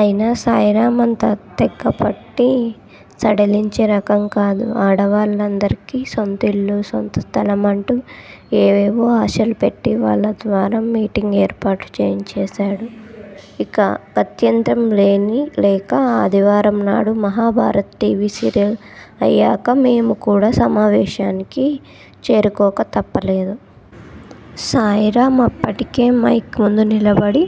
అయినా శాయిరామ్ అంత తేలిగ్గా పట్టు సడలించే రకం కాదు. ఆడాళ్ళందరికీ 'సొంతిళ్ళు- సొంత స్థలం' అంటూ ఏవేవో ఆశలుపెట్టి వాళ్ళ ద్వారా మీటింగ్ ఏర్పాటు చేయించేశాడు. ఇక గత్యంతరం లేక ఆదివారం నాడు మహాభారత్ టీవీ సీరియల్ అయ్యాక మేము కూడా సమావేశానికి చేరుకోక తప్పలేదు. శాయిరామ్ అప్పటికే మైక్ ముందు నిలబడి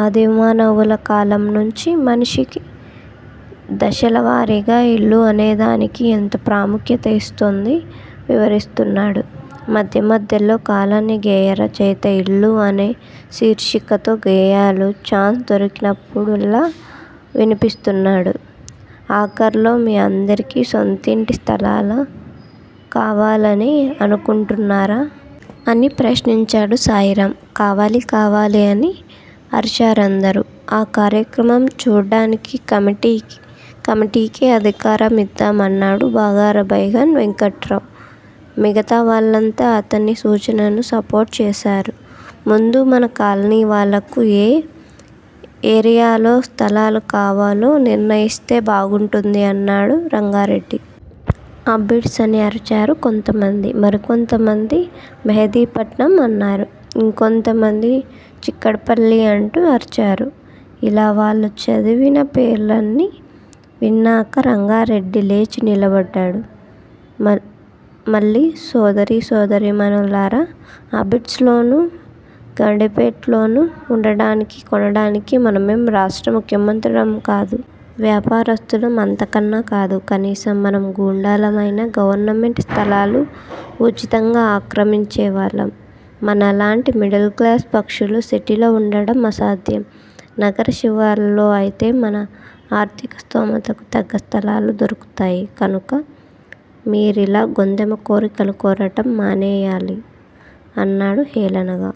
ఆదిమానవుల కాలం నుంచీ మనిషి దశల వారీగా 'ఇల్లు'అనేదానికి ఎంత ప్రాముఖ్యత ఇస్తోంది వివరిస్తున్నాడు. మధ్యమధ్యలో కాలనీ గేయ రచయిత 'ఇల్లు' అనే శీర్షికతో గేయాలు- ఛాన్స్ దొరికి నప్పుడల్లా వినిపిస్తున్నాడు. ఆఖర్లో మీ అందరికీ సొంతింటి స్థలాలు కావాలనే అనుకుంటున్నారా? అని ప్రశ్నించాడు శాయిరామ్. కావాలీ కావాలీ అని అరిచారందరూ. ఆ కార్యక్రమం చూడ్డానికి కమిటీకే అధికారం ఇద్దాం అన్నాడు బగారా బైగన్ వెంకట్రావ్. మిగతా వాళ్ళంతా అతని సూచనను సపోర్ట్ చేశారు. ముందు మన కాలనీవాళ్ళకు ఏ ఏరియాలో స్థలాలు కావాలో నిర్ణయిస్తే బాగుంటుంది అన్నాడు రంగారెడ్డి. అబిడ్స్ అని అరిచారు కొంతమంది. మరికొంతమంది మెహిదీపట్నం అన్నారు. ఇంకొంత మంది 'చిక్కడపల్లి' అంటూ అరిచారు. ఇలా వాళ్ళు చదివిన పేర్లన్నీ విన్నాక రంగారెడ్డి లేచి నిలబడ్డాడు మళ్ళీ. సోదర సోదరీ మణులారా, అబిడ్స్ లోనూ గండిపేటల్లోనూ ఉండాలను కోడానికి మనమేం రాష్ట్ర్ర ముఖ్యమంత్రులం కాదు! వ్యాపారస్తులం అంతకన్నా కాదు. కనీసం మనం గూండాలమయినా, గవర్నమెంట్ స్థలాలు ఉచితంగా ఆక్రమించే వాళ్ళం. మనలాంటి మిడిల్ క్లాస్ పక్షులు సిటీలో ఉండటం అసాధ్యం. నగర శివార్లలో అయితేనే మన ఆర్ధికస్థోమతకి తగ్గ స్థలాలు దొరుకుతాయి. కనుక మీరిలా గొంతెమ్మ కోర్కెలు కోరటం మానేయాలి! అన్నాడు హేళనగా.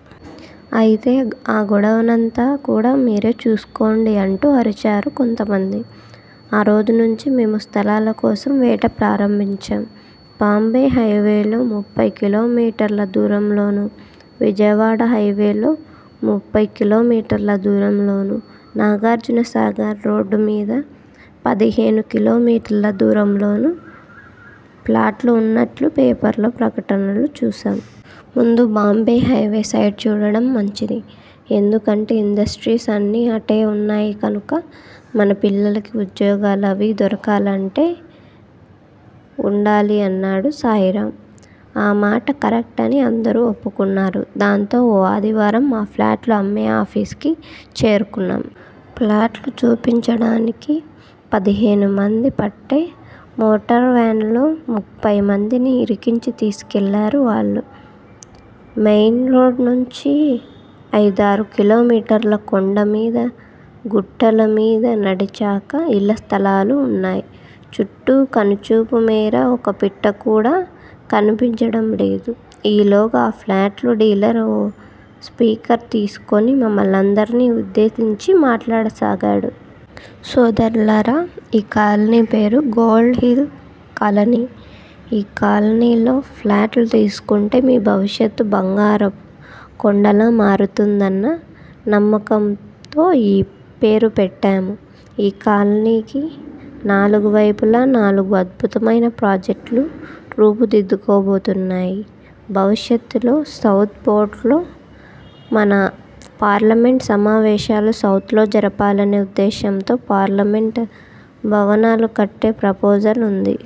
అయితే ఆ గొడవంతా కూడా మీరే చూసుకోండి అంటూ అరిచారు కొంతమంది. ఆ రోజునుంచీ మేము స్థలాల కోసం వేట ప్రారంభించాం! బాంబే హైవేలో ముప్పయ్ కిలోమీటర్ల దూరంలోనూ, విజయవాడ హైవేలో ముప్పయ్ కిలోమీటర్లల దూరం లోనూ, నాగార్జునసాగర్ రోడ్డుమీద పదిహేను కిలోమీటర్ల దూరంలోనూ, ప్లాట్లు ఉన్నట్లు పేపర్లలో ప్రకటనలు చూశాం. ముందు బాంబే హైవే సైడ్ చూడటం మంచిది. ఎందుకంటే ఇండస్ట్రీస్ అన్నీ అటే ఉన్నాయి గనుక మన పిల్లలకు ఉద్యోగాలు అవీ దొరకాలంటే అటే ఉండాలి అన్నాడు శాయిరామ్. ఆ మాట కరక్టేనని అందరూ ఒప్పుకున్నారు. దాంతో ఓ ఆదివారం ఆ ప్లాట్లు అమ్మే ఆఫీస్ కి చేరుకున్నాం. ప్లాట్లు చూపించడానికి పదిహేను మంది పట్టే మెటడార్ వాన్ లో ముప్పయ్ మందిని ఇరికించి తీసుకెళ్ళారు వాళ్ళు. మెయిన్ రోడ్ నుంచి అయిదారు కిలోమీటర్లు కొండ మీదా గుట్టల మీదా నడిచాక ఇళ్ళస్థలాలు ఉన్నాయ్. చుట్టూ కనుచూపు మేర ఒక్కపిట్ట కూడా కనిపించటం లేదు. ఈలోగా ఆ ప్లాట్ల డీలర్ ఓ స్పీకర్ తీసుకుని మమ్మల్నందరినీ ఉద్దేశించి మాట్లాడసాగాడు. సోదరులారా! ఈ కాలనీ పేరు గోల్డ్ హిల్ కాలనీ! ఈ కాలనీలో ప్లాట్లు తీసుకుంటే మీ భవిష్యత్తు బంగారపు కొండగా మారుతుందన్న నమ్మకంతో ఈ పేరుపెట్టాము. ఈ కాలనీకి నాలుగు వేపులా నాలుగు అద్భుతమయిన ప్రాజెక్ట్ ళు రూపుదిద్దు కోబోతున్నాయ్. భవిష్యత్తులో సౌత్ బోర్డర్ లో మన పార్లమెంట్ సమావేశాలు, సౌత్ లో జరపాలనే ఉద్దేశంతో పార్లమెంట్ భవనాలు కట్టే ప్రపోజల్ ఉంది.